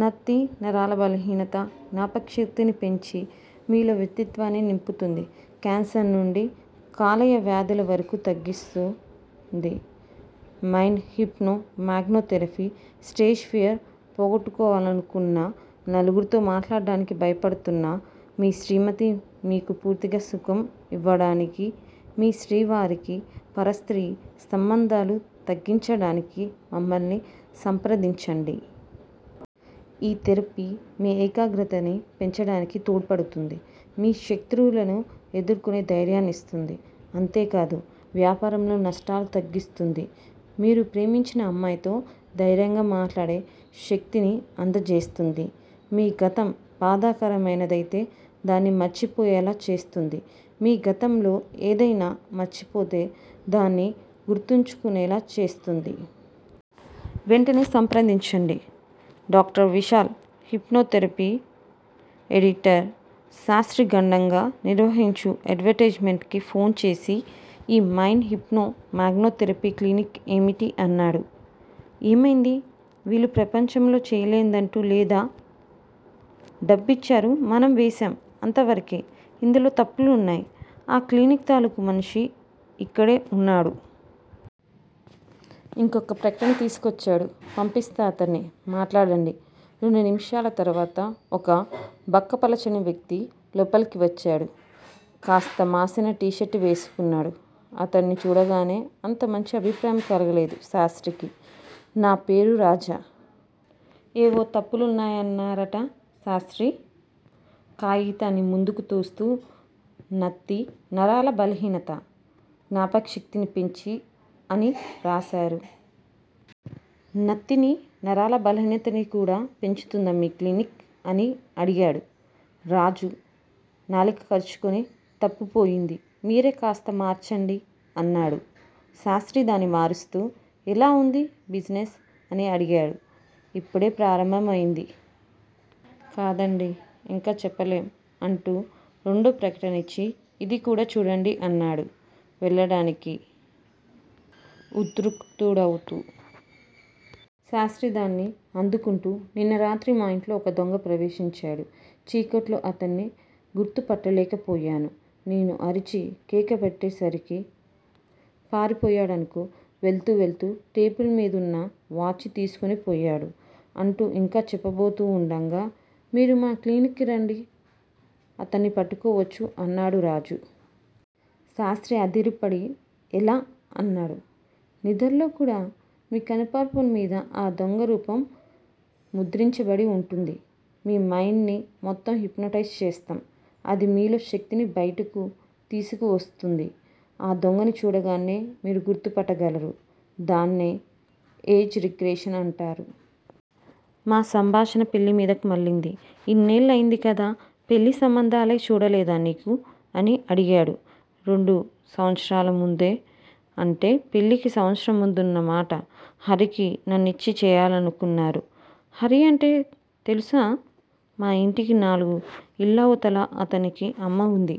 నత్తి, నరాల బలహీనత, జ్ఞాపకశక్తిని పెంచి మీలో వ్యక్తిత్వాన్ని నింపుతుంది. కాన్సర్ నుంచి కాలేయవ్యాధుల వరకూ తగ్గిస్తుంది mind hypno magno therapy stage fear పోగొట్టుకోవాలనుకున్న. నలుగురితో మాట్లాడడానికి భయపడుతున్నా, మీ శ్రీమతి మీకు పూర్తి సుఖం ఇవ్వడానికి, మీ శ్రీవారికి పరస్త్రీ సంబంధాలు తగ్గించడానికి మమ్మల్ని సంప్రదించండి. ఈ థెరపీ మీ 'ఏకాగ్రతనీ' పెంచడానికి తోడ్పడుతుంది. మీ శత్రువులను ఎదుర్కొనే ధైర్యాన్ని ఇస్తుంది. అంతేకాదు. వ్యాపారంలో నష్టాల్ని తగ్గిస్తుంది. మీరు ప్రేమించిన అమ్మాయితో ధైర్యంగా మాట్లాడే శక్తిని అందజేస్తుంది మీ గతం బాధాకరమైనదయితే దాన్ని మర్చిపోయేలా చేస్తుంది. మీగతంలో ఏదైనా మర్చిపోతే దాన్ని గుర్తుంచుకునేలా చేస్తుంది. వెంటనే సంప్రదించండి. Doctor Vishal hypno therapy editor Shastri గంఢంగా నిర్వహించు ఎడ్వటేజ్ మెంట్ కి ఫోన్ చేసి ఈ mind hypno magno therapy clinic ఏమిటి? అన్నాడు. ఏమైంది? వీళ్ళు ప్రపంచంలో చేయలేనిదంటూ లేదా? డబ్బిచ్చారు. మనం వేసాం. అంతవరకే. ఇందులో తప్పులున్నాయ్ ఆ క్లినిక్ తాలూకు మనిషి ఇక్కడే వున్నాడు. ఇంకొక్క ప్రకటన తీసుకొచ్చాడు. పంపిస్తాఅతన్ని. మాట్లాడండి రెండు నిమిషాల తరువాత ఒక బక్కపలచటి వ్యక్తి లోపలికి వచ్చాడు. కాస్త మాసిన 'టీ షర్టు' వేసుకున్నాడు. అతడిన్ని చూడగానే అంత మంచి అభిప్రాయం కలుగలేదు శాస్త్రికి. నా పేరు రాజ. ఏవో తప్పులున్నాయన్నారట శాస్త్రి, కాగితాన్ని ముందుకుతోస్తూ నత్తి నరాల బలహీనత, జ్ఞాపకశక్తిని పెంచి అని వ్రాసారు. నత్తినీ, నరాల బలహీనతని కూడా పెంచుతుందా మీ క్లినిక్? అని అడిగాడు. రాజు నాలికకర్చుకుని, తప్పిపోయింది. మీరే కాస్త మార్చండి అన్నాడు. శాస్త్రి దాన్ని మారుస్తూ ఎలా వుందీ బిజినెస్? అని అడిగాడు. ఇప్పుడే ప్రారంభం అయింది కాదండీ. ఇంకా చెప్పలేం అంటూ రెండో ప్రకటన ఇచ్చి ఇది కూడా చూడండి అన్నాడు వెళ్ళడానికి ఉద్రుక్తుడవుతూ. శాస్త్రి దాన్ని అందుకుంటూ నిన్న రాత్రి మా ఇంట్లో ఒక దొంగ ప్రవేశించాడు. చీకట్లో అతడిని గుర్తుపట్టులేకపోయాను. నేను అరిచి కేకపెట్టేసరికి పారిపోయాడనుకో. వెళ్తూ వెళ్తూ టేబిల్ మీదున్న వాచీ తీసుకునిపోయాడు అంటూ ఇంకా చెప్పబోతూ వుండంగా 'మీరు మా క్లినిక్ కి రండి. అతన్ని పట్టుకోవచ్చు' అన్నాడు రాజు. శాస్త్రి అదిరిపడి ఎలా? అన్నాడు. నిద్రలో కూడా మీ కనుపాపల మీద ఆ దొంగ రూపం ముద్రించబడి వుంటుంది. మీ మైండ్ ని మేము హిప్నటైజ్ చేస్తాం. అది మీలో శక్తిని బయటకు తీసుకువస్తుంది. ఆ దొంగని చూడగానే మీరు గుర్తుపట్టగలరు దాన్నే ఏజ్ రిగ్రెషన్ అంటారు. మా సంభాషణ పెళ్ళిమీదికి మళ్ళింది. ఇన్నేళ్ళయింది కదా. పెళ్ళి సంబంధాలే చూడలేదా నీకు? అని అడిగాడు. రెండు సంవత్సరాల ముందే, అంటే పెళ్ళికి సంవత్సరం ముందున్న మాట. హరికి నన్నిచ్చి చేయాలనుకున్నారు. హరి అంటే తెలుసా? మా ఇంటికి నాలుగు ఇళ్ళవతల. అతనికి అమ్మ వుంది.